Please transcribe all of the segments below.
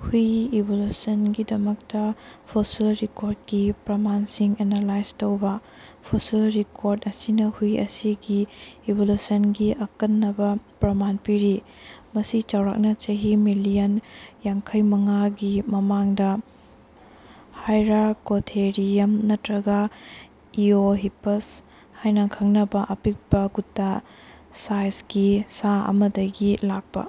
ꯍꯨꯏꯒꯤ ꯏꯚꯣꯂꯨꯁꯟꯒꯤꯗꯃꯛꯇꯥ ꯐꯣꯁꯤꯜ ꯔꯦꯀꯣꯔꯗꯀꯤ ꯄ꯭ꯔꯃꯥꯟꯁꯤꯡ ꯑꯦꯅꯥꯂꯥꯏꯖ ꯇꯧꯕ꯫ ꯐꯣꯁꯤꯜ ꯔꯦꯀꯣꯔꯗ ꯑꯁꯤꯅ ꯍꯨꯏ ꯑꯁꯤꯒꯤ ꯏꯚꯣꯂꯨꯁꯟꯒꯤ ꯑꯀꯟꯅꯕ ꯄ꯭ꯔꯃꯥꯟ ꯄꯤꯔꯤ꯫ ꯃꯁꯤ ꯆꯥꯎꯔꯥꯛꯅꯥ ꯆꯍꯤ ꯃꯤꯂꯤꯌꯟ ꯌꯥꯡꯈꯩꯃꯉꯥꯒꯤ ꯃꯃꯥꯡꯗ ꯍꯥꯏꯔꯥꯀꯣꯊꯦꯔꯤꯌꯝ ꯅꯠꯇ꯭ꯔꯒ ꯏꯑꯣꯍꯤꯄꯁ ꯍꯥꯏꯅ ꯈꯪꯅꯕ ꯑꯄꯤꯛꯄꯥ ꯀꯨꯠꯇꯥ ꯁꯥꯏꯖꯒꯤ ꯁꯥ ꯑꯃꯗꯒꯤ ꯂꯥꯛꯄꯥ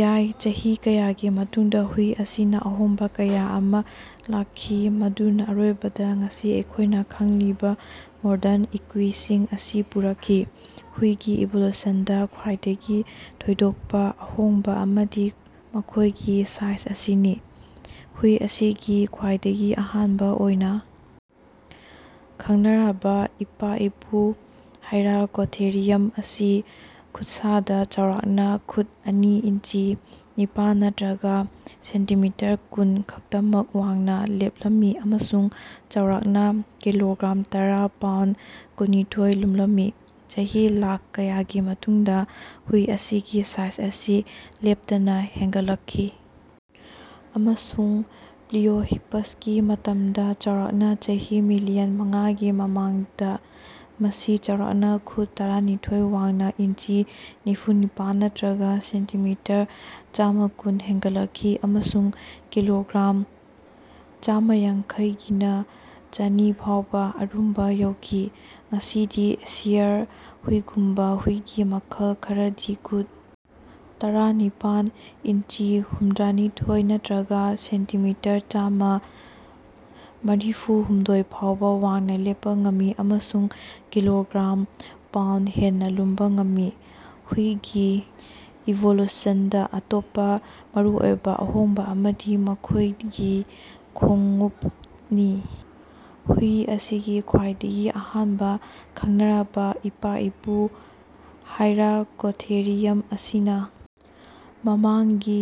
ꯌꯥꯏ꯫ ꯆꯍꯤ ꯀꯌꯥꯒꯤ ꯃꯇꯨꯡꯗꯥ ꯍꯨꯏ ꯑꯁꯤꯅꯥ ꯑꯍꯣꯡꯕꯥ ꯀꯌꯥ ꯑꯃꯥ ꯂꯥꯛꯈꯤ ꯃꯗꯨꯅꯥ ꯑꯔꯣꯏꯕꯗꯥ ꯉꯁꯤ ꯑꯩꯈꯣꯏꯅ ꯈꯪꯂꯤꯕ ꯃꯣꯗꯔꯟ ꯏꯀꯨꯏꯁꯤꯡ ꯑꯁꯤ ꯄꯨꯔꯛꯈꯤ꯫ ꯍꯨꯏꯒꯤ ꯏꯚꯣꯂꯨꯁꯟꯗꯥ ꯈ꯭ꯋꯥꯏꯗꯒꯤ ꯊꯣꯏꯗꯣꯛꯄꯥ ꯑꯍꯣꯡꯕꯥ ꯑꯃꯗꯤ ꯃꯈꯣꯏꯒꯤ ꯁꯥꯏꯖ ꯑꯁꯤꯅꯤ꯫ ꯍꯨꯏ ꯑꯁꯤꯒꯤ ꯈ꯭ꯋꯥꯏꯗꯒꯤ ꯑꯍꯥꯟꯕ ꯑꯣꯏꯅ ꯈꯪꯅꯔꯕ ꯏꯄꯥ-ꯏꯄꯨ ꯍꯥꯏꯔꯥꯀꯣꯊꯦꯔꯤꯌꯝ ꯑꯁꯤ ꯈꯨꯠꯁꯥꯗꯥ ꯆꯥꯎꯔꯥꯛꯅꯥ ꯈꯨꯠ ꯑꯅꯤ ꯏꯟꯆꯤ ꯅꯤꯄꯥꯟ ꯅꯠꯇ꯭ꯔꯒ ꯁꯦꯟꯇꯤꯃꯤꯇꯔ ꯀꯨꯟ ꯈꯛꯇꯃꯛ ꯋꯥꯡꯅ ꯂꯦꯞꯂꯝꯃꯤ ꯑꯃꯁꯨꯡ ꯆꯥꯎꯔꯥꯛꯅꯥ ꯀꯤꯂꯣꯒ꯭ꯔꯥꯝ ꯇꯔꯥ ꯄꯥꯎꯟꯗ ꯀꯨꯟꯅꯤꯊꯣꯏ ꯂꯨꯝꯂꯝꯃꯤ꯫ ꯆꯍꯤ ꯂꯥꯛ ꯀꯌꯥꯒꯤ ꯃꯇꯨꯡꯗꯥ ꯍꯨꯏ ꯑꯁꯤꯒꯤ ꯁꯥꯏꯖ ꯑꯁꯤ ꯂꯦꯞꯇꯅꯥ ꯍꯦꯟꯒꯠꯂꯛꯈꯤ, ꯑꯃꯁꯨꯡ ꯄ꯭ꯂꯤꯑꯣꯍꯤꯄꯁꯀꯤ ꯃꯇꯝꯗꯥ, ꯆꯥꯎꯔꯥꯛꯅꯥ ꯆꯍꯤ ꯃꯤꯂꯤꯌꯟ ꯃꯉꯥꯒꯤ ꯃꯃꯥꯡꯗꯥ, ꯃꯁꯤ ꯆꯥꯎꯔꯥꯛꯅꯥ ꯈꯨꯠ ꯇꯔꯥꯅꯤꯊꯣꯏ ꯋꯥꯡꯅ ꯏꯟꯆꯤ ꯅꯤꯐꯨꯅꯤꯄꯥꯟ ꯅꯠꯇ꯭ꯔꯒ ꯁꯦꯟꯇꯤꯃꯤꯇꯔ ꯆꯥꯃꯥꯀꯨꯟ ꯍꯦꯟꯒꯠꯂꯛꯈꯤ ꯑꯃꯁꯨꯡ ꯀꯤꯂꯣꯒ꯭ꯔꯥꯝ ꯆꯥꯃꯥꯌꯥꯡꯈꯩꯗꯒꯤꯅ ꯆꯥꯅꯤ ꯐꯥꯎꯕ ꯑꯔꯨꯝꯕ ꯌꯧꯈꯤ꯫ ꯉꯁꯤꯗꯤ ꯁꯤꯌꯥꯔ ꯍꯨꯏꯒꯨꯝꯕꯥ ꯍꯨꯏꯒꯤ ꯃꯈꯜ ꯈꯔꯗꯤ ꯈꯨꯠ ꯇꯔꯥꯅꯤꯄꯥꯟ ꯏꯟꯆꯤ ꯍꯨꯝꯗ꯭ꯔꯅꯤꯊꯣꯏ ꯅꯠꯇ꯭ꯔꯒ ꯁꯦꯟꯇꯤꯃꯤꯇꯔ ꯆꯥꯃꯥ ꯃꯔꯤꯐꯨꯍꯨꯝꯗꯣꯏ ꯐꯥꯎꯕ ꯋꯥꯡꯅ ꯂꯦꯞꯄꯥ ꯉꯝꯃꯤ ꯑꯃꯁꯨꯡ ꯀꯤꯂꯣꯒ꯭ꯔꯥꯝ ꯄꯥꯎꯟꯗ ꯍꯦꯟꯅ ꯂꯨꯝꯕ ꯉꯝꯃꯤ꯫ ꯍꯨꯏꯒꯤ ꯏꯚꯣꯂꯨꯁꯟꯗꯥ ꯑꯇꯣꯞꯄꯥ ꯃꯔꯨꯑꯣꯏꯕ ꯑꯍꯣꯡꯕ ꯑꯃꯗꯤ ꯃꯈꯣꯏꯒꯤ ꯈꯣꯡꯎꯄꯅꯤ꯫ ꯍꯨꯏ ꯑꯁꯤꯒꯤ ꯈ꯭ꯋꯥꯏꯗꯒꯤ ꯑꯍꯥꯟꯕ ꯈꯪꯅꯔꯕꯥ ꯏꯄꯥ-ꯏꯄꯨ ꯍꯥꯏꯔꯥꯀꯣꯊꯦꯔꯤꯌꯝ ꯑꯁꯤꯅꯥ ꯃꯃꯥꯡꯒꯤ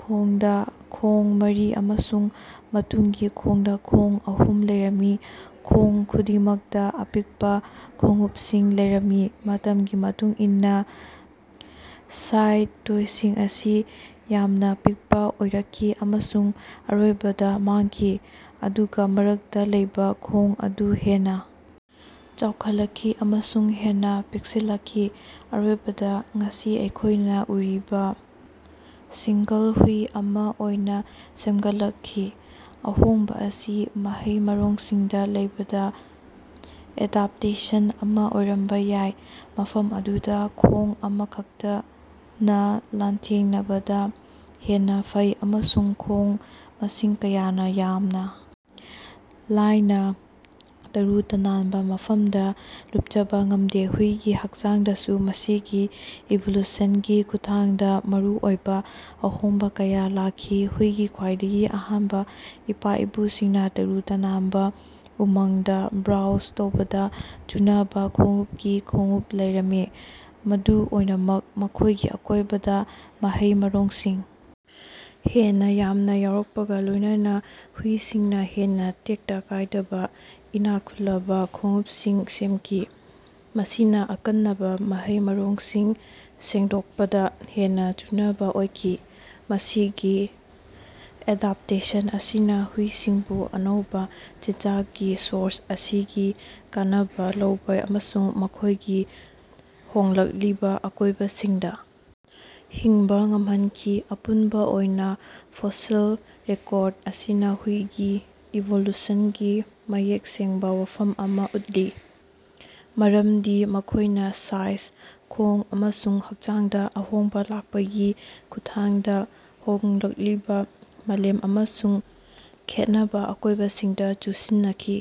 ꯈꯣꯡꯗꯥ ꯈꯣꯡ ꯃꯔꯤ ꯑꯃꯁꯨꯡ ꯃꯇꯨꯡꯒꯤ ꯈꯣꯡꯗꯥ ꯈꯣꯡ ꯑꯍꯨꯝ ꯂꯩꯔꯝꯃꯤ, ꯈꯣꯡ ꯈꯨꯗꯤꯡꯃꯛꯇꯥ ꯑꯄꯤꯛꯄꯥ ꯈꯣꯡꯎꯄꯁꯤꯡ ꯂꯩꯔꯝꯃꯤ꯫ ꯃꯇꯝꯒꯤ ꯃꯇꯨꯡ ꯏꯟꯅꯥ ꯁꯥꯏꯗ ꯇꯣꯏꯁꯤꯡ ꯑꯁꯤ ꯌꯥꯝꯅ ꯄꯤꯛꯄꯥ ꯑꯣꯏꯔꯛꯈꯤ ꯑꯃꯁꯨꯡ ꯑꯔꯣꯏꯕꯗ ꯃꯥꯡꯈꯤ, ꯑꯗꯨꯒ ꯃꯔꯛꯇ ꯂꯩꯕ ꯈꯣꯡ ꯑꯗꯨ ꯍꯦꯟꯅꯥ ꯆꯥꯎꯈꯠꯂꯛꯈꯤ ꯑꯃꯁꯨꯡ ꯍꯦꯟꯅꯥ ꯄꯤꯛꯁꯤꯜꯂꯛꯈꯤ, ꯑꯔꯣꯏꯕꯗꯥ ꯉꯁꯤ ꯑꯩꯈꯣꯏꯅ ꯎꯔꯤꯕ ꯁꯤꯉ꯭ꯒꯜ ꯍꯨꯏ ꯑꯃꯥ ꯑꯣꯏꯅ ꯁꯦꯝꯒꯠꯂꯛꯈꯤ꯫ ꯑꯍꯣꯡꯕ ꯑꯁꯤ ꯃꯍꯩ-ꯃꯔꯣꯡꯁꯤꯡꯗ ꯂꯩꯕꯗꯥ ꯑꯦꯗꯞꯇꯦꯁꯟ ꯑꯃꯥ ꯑꯣꯏꯔꯝꯕ ꯌꯥꯏ, ꯃꯐꯝ ꯑꯗꯨꯗ ꯈꯣꯡ ꯑꯃꯈꯛꯇꯅꯥ ꯂꯥꯟꯊꯦꯡꯅꯕꯗꯥ ꯍꯦꯟꯅꯥ ꯐꯩ ꯑꯃꯁꯨꯡ ꯈꯣꯡ ꯃꯁꯤꯡ ꯀꯌꯥꯅꯥ ꯌꯥꯝꯅꯥ ꯂꯥꯏꯅꯥ ꯇꯔꯨ ꯇꯅꯥꯅꯕꯥ ꯃꯐꯝꯗ ꯂꯨꯞꯆꯕꯥ ꯉꯃꯗꯦ꯫ ꯍꯨꯏꯒꯤ ꯍꯥꯛꯆꯥꯡꯗꯁꯨ ꯃꯁꯤꯒꯤ ꯏꯚꯣꯂꯨꯁꯟꯒꯤ ꯈꯨꯠꯊꯥꯡꯗ ꯃꯔꯨꯑꯣꯏꯕ ꯑꯍꯣꯡꯕ ꯀꯌꯥ ꯂꯥꯛꯈꯤ꯫ ꯍꯨꯏꯒꯤ ꯈ꯭ꯋꯥꯏꯗꯒꯤ ꯑꯍꯥꯟꯕ ꯏꯄꯥ-ꯏꯄꯨꯁꯤꯡꯅꯥ ꯇꯔꯨ ꯇꯅꯥꯅꯕꯥ ꯎꯃꯪꯗꯥ ꯕ꯭ꯔꯣꯎꯖ ꯇꯧꯕꯗ ꯆꯨꯅꯕ ꯈꯣꯡꯎꯄꯀꯤ ꯈꯣꯡꯎꯞ ꯂꯩꯔꯝꯃꯤ꯫ ꯃꯗꯨꯝ ꯑꯣꯏꯅꯃꯛ, ꯃꯈꯣꯏꯒꯤ ꯑꯀꯣꯏꯕꯗ ꯃꯍꯩ-ꯃꯔꯣꯡꯁꯤꯡ ꯍꯦꯟꯅꯥ ꯌꯥꯝꯅꯥ ꯌꯥꯎꯔꯛꯄꯒ ꯂꯣꯏꯅꯅꯥ, ꯍꯨꯏꯁꯤꯡꯅꯥ ꯍꯦꯟꯅꯥ ꯇꯦꯛꯇ ꯀꯥꯏꯗꯕꯥ ꯏꯅꯥꯛ ꯈꯨꯜꯂꯕ ꯈꯣꯡꯎꯄꯁꯤꯡ ꯁꯦꯝꯈꯤ, ꯃꯁꯤꯅꯥ ꯑꯀꯟꯅꯕ ꯃꯍꯩ-ꯃꯔꯣꯡꯁꯤꯡ ꯁꯦꯡꯗꯣꯛꯄꯗ ꯍꯦꯟꯅꯥ ꯆꯨꯅꯕ ꯑꯣꯏꯈꯤ꯫ ꯃꯁꯤꯒꯤ ꯑꯦꯗꯞꯇꯦꯁꯟ ꯑꯁꯤꯅꯥ ꯍꯨꯏꯁꯤꯡꯕꯨ ꯑꯅꯧꯕꯥ ꯆꯤꯟꯖꯥꯛꯀꯤ ꯁꯣꯔꯁ ꯑꯁꯤꯒꯤ ꯀꯥꯟꯅꯕ ꯂꯧꯕ ꯑꯃꯁꯨꯡ ꯃꯈꯣꯏꯒꯤ ꯍꯣꯡꯂꯛꯂꯤꯕ ꯑꯀꯣꯏꯕꯁꯤꯡꯗꯥ ꯍꯤꯡꯕ ꯉꯝꯍꯟꯈꯤ꯫ ꯑꯄꯨꯟꯕ ꯑꯣꯏꯅ ꯐꯣꯁꯤꯜ ꯔꯦꯀꯣꯔꯗ ꯑꯁꯤꯅ ꯍꯨꯏꯒꯤ ꯏꯚꯣꯂꯨꯁꯟꯒꯤ ꯃꯌꯦꯛ ꯁꯦꯡꯕꯥ ꯋꯥꯐꯝ ꯑꯃꯥ ꯎꯠꯂꯤ, ꯃꯔꯝꯗꯤ ꯃꯈꯣꯏꯅꯥ ꯁꯥꯏꯖ, ꯈꯣꯡ ꯑꯃꯁꯨꯡ ꯍꯥꯛꯆꯥꯡꯗ ꯑꯍꯣꯡꯕ ꯂꯥꯛꯄꯒꯤ ꯈꯨꯠꯊꯥꯡꯗꯥ ꯍꯣꯡꯂꯛꯂꯤꯕ ꯃꯥꯂꯦꯝ ꯑꯃꯁꯨꯡ ꯈꯦꯠꯅꯕ ꯑꯀꯣꯏꯕꯁꯤꯡꯗ ꯆꯨꯁꯤꯟꯅꯈꯤ꯫